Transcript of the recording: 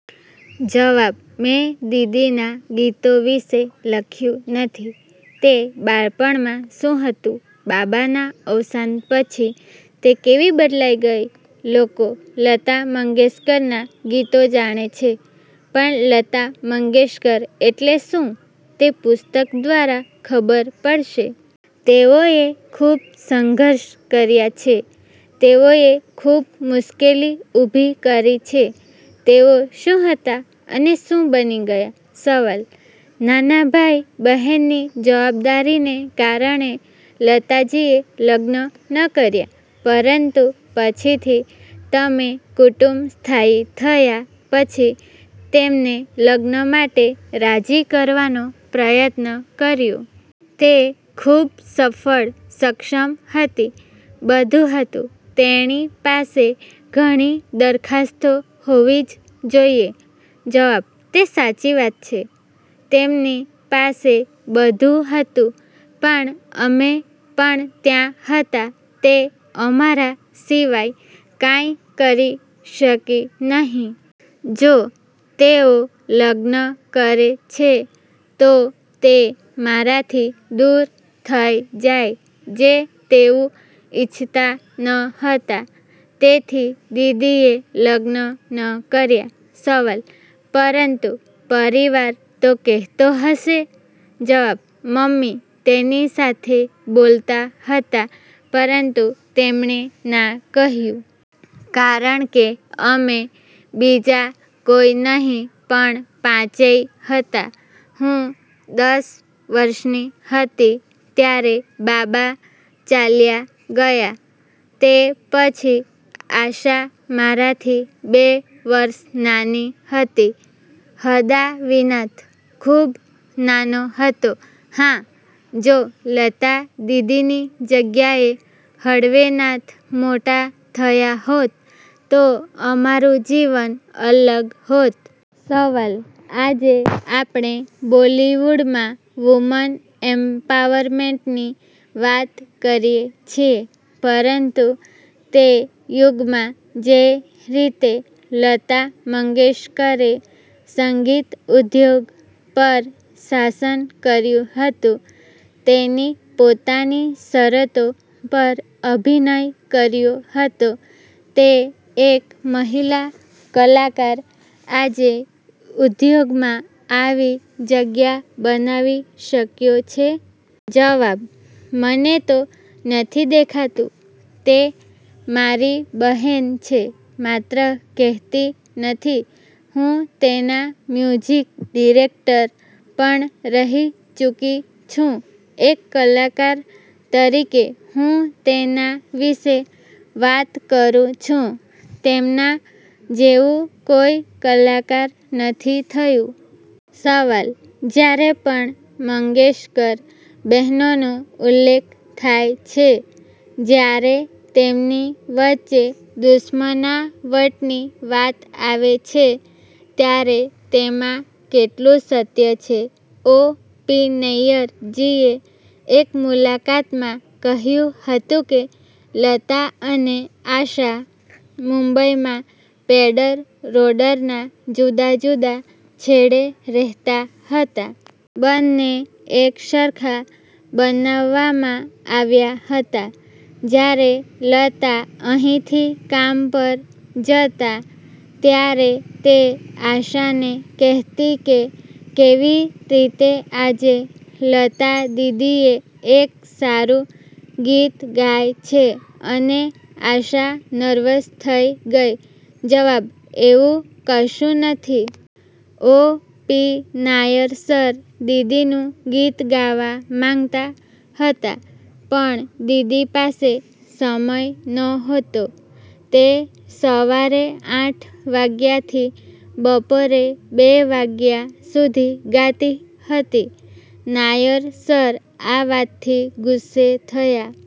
જવાબ: મેં દીદીના ગીતો વિશે લખ્યું નથી. તે બાળપણમાં શું હતું, બાબાના અવસાન પછી તે કેવી બદલાઈ ગઈ. લોકો લતા મંગેશકરના ગીતો જાણે છે, પણ લતા મંગેશકર એટલે શું તે પુસ્તક દ્વારા ખબર પડશે. તેઓએ ખૂબ સંઘર્ષ કર્યો છે, તેઓએ ખૂબ મુશ્કેલી ઉભી કરી છે, તેઓ શું હતા અને શું બની ગયા છે. સવાલ: નાના ભાઈ-બહેનની જવાબદારીને કારણે લતાજીએ લગ્ન ન કર્યા, પરંતુ પછીથી તમે કુટુંબ સ્થાયી થયા પછી તેમને લગ્ન માટે રાજી કરવાનો પ્રયત્ન કર્યો? તે ખૂબ સફળ, સક્ષમ હતી, બધું હતું, તેણી પાસે ઘણી દરખાસ્તો હોવી જ જોઇએ? જવાબ: તે સાચી વાત છે, તેમની પાસે બધું હતું પણ અમે પણ ત્યાં હતા. તે અમારા સિવાય કાંઈ કરી શકી નહીં. જો તેઓ લગ્ન કરે છે, તો તે મારાથી દૂર થઈ જાય જે તેવું ઇચ્છતા ન હતા. તેથી દીદીએ લગ્ન ન કર્યા. સવાલ: પરંતુ પરિવાર તો કહેતો હશે? જવાબ: મમ્મી તેની સાથે બોલતા હતા, પરંતુ તેમણે ના કહ્યું. કારણ કે અમે બીજા કોઈ નહીં પણ પાંચેય હતા. હું દસ વર્ષની હતી ત્યારે બાબા ચાલ્યા ગયા. તે પછી આશા મારાથી બે વર્ષ નાની હતી. હદાવિનાથ ખૂબ નાનો હતો. હા, જો લતા દીદીની જગ્યાએ હડવેનાથ મોટા થયા હોત, તો અમારું જીવન અલગ હોત. સવાલ: આજે આપણે બોલિવૂડમાં વુમન એમ્પાવરમેન્ટની વાત કરીએ છીએ, પરંતુ તે યુગમાં જે રીતે લતા મંગેશકરે સંગીત ઉદ્યોગ પર શાસન કર્યું હતું, તેની પોતાની શરતો પર અભિનય કર્યો હતો, તે એક મહિલા કલાકાર આજે ઉદ્યોગમાં આવી જગ્યા બનાવી શક્યો છે? જવાબ: મને તો નથી દેખાતું. તે મારી બહેન છે, માત્ર કહેતી નથી. હું તેના મ્યુઝિક ડિરેક્ટર પણ રહી ચૂકી છું, એક કલાકાર તરીકે હું તેના વિશે વાત કરું છું. તેમના જેવું કોઈ કલાકાર નથી થયું. સવાલ: જ્યારે પણ મંગેશકર બહેનોનો ઉલ્લેખ થાય છે, જ્યારે તેમની વચ્ચે દુશ્મનાવટની વાત આવે છે, ત્યારે તેમાં કેટલું સત્ય છે? ઓ. પી. નૈયર જીએ એક મુલાકાતમાં કહ્યું હતું કે, લતા અને આશા મુંબઈના પેડર રોડરના જુદા જુદા છેડે રહેતા હતા. બંને એકસરખા બનાવવામાં આવ્યા હતા. જ્યારે લતા અહીંથી કામ પર જતા ત્યારે તે આશાને કહેતી કે, કેવી રીતે આજે લતા દીદીએ એક સારું ગીત ગાય છે અને આશા નર્વસ થઈ ગઈ જવાબ: એવું કશું નથી. ઓ. પી. નાયર સર દિદીનું ગીત ગાવા માંગતા હતા. પણ દીદી પાસે સમય નહોતો. તે સવારે આઠ વાગ્યાથી બપોરે બે વાગ્યા સુધી ગાતી હતી. નાયર સર આ વાતથી ગુસ્સે થયા.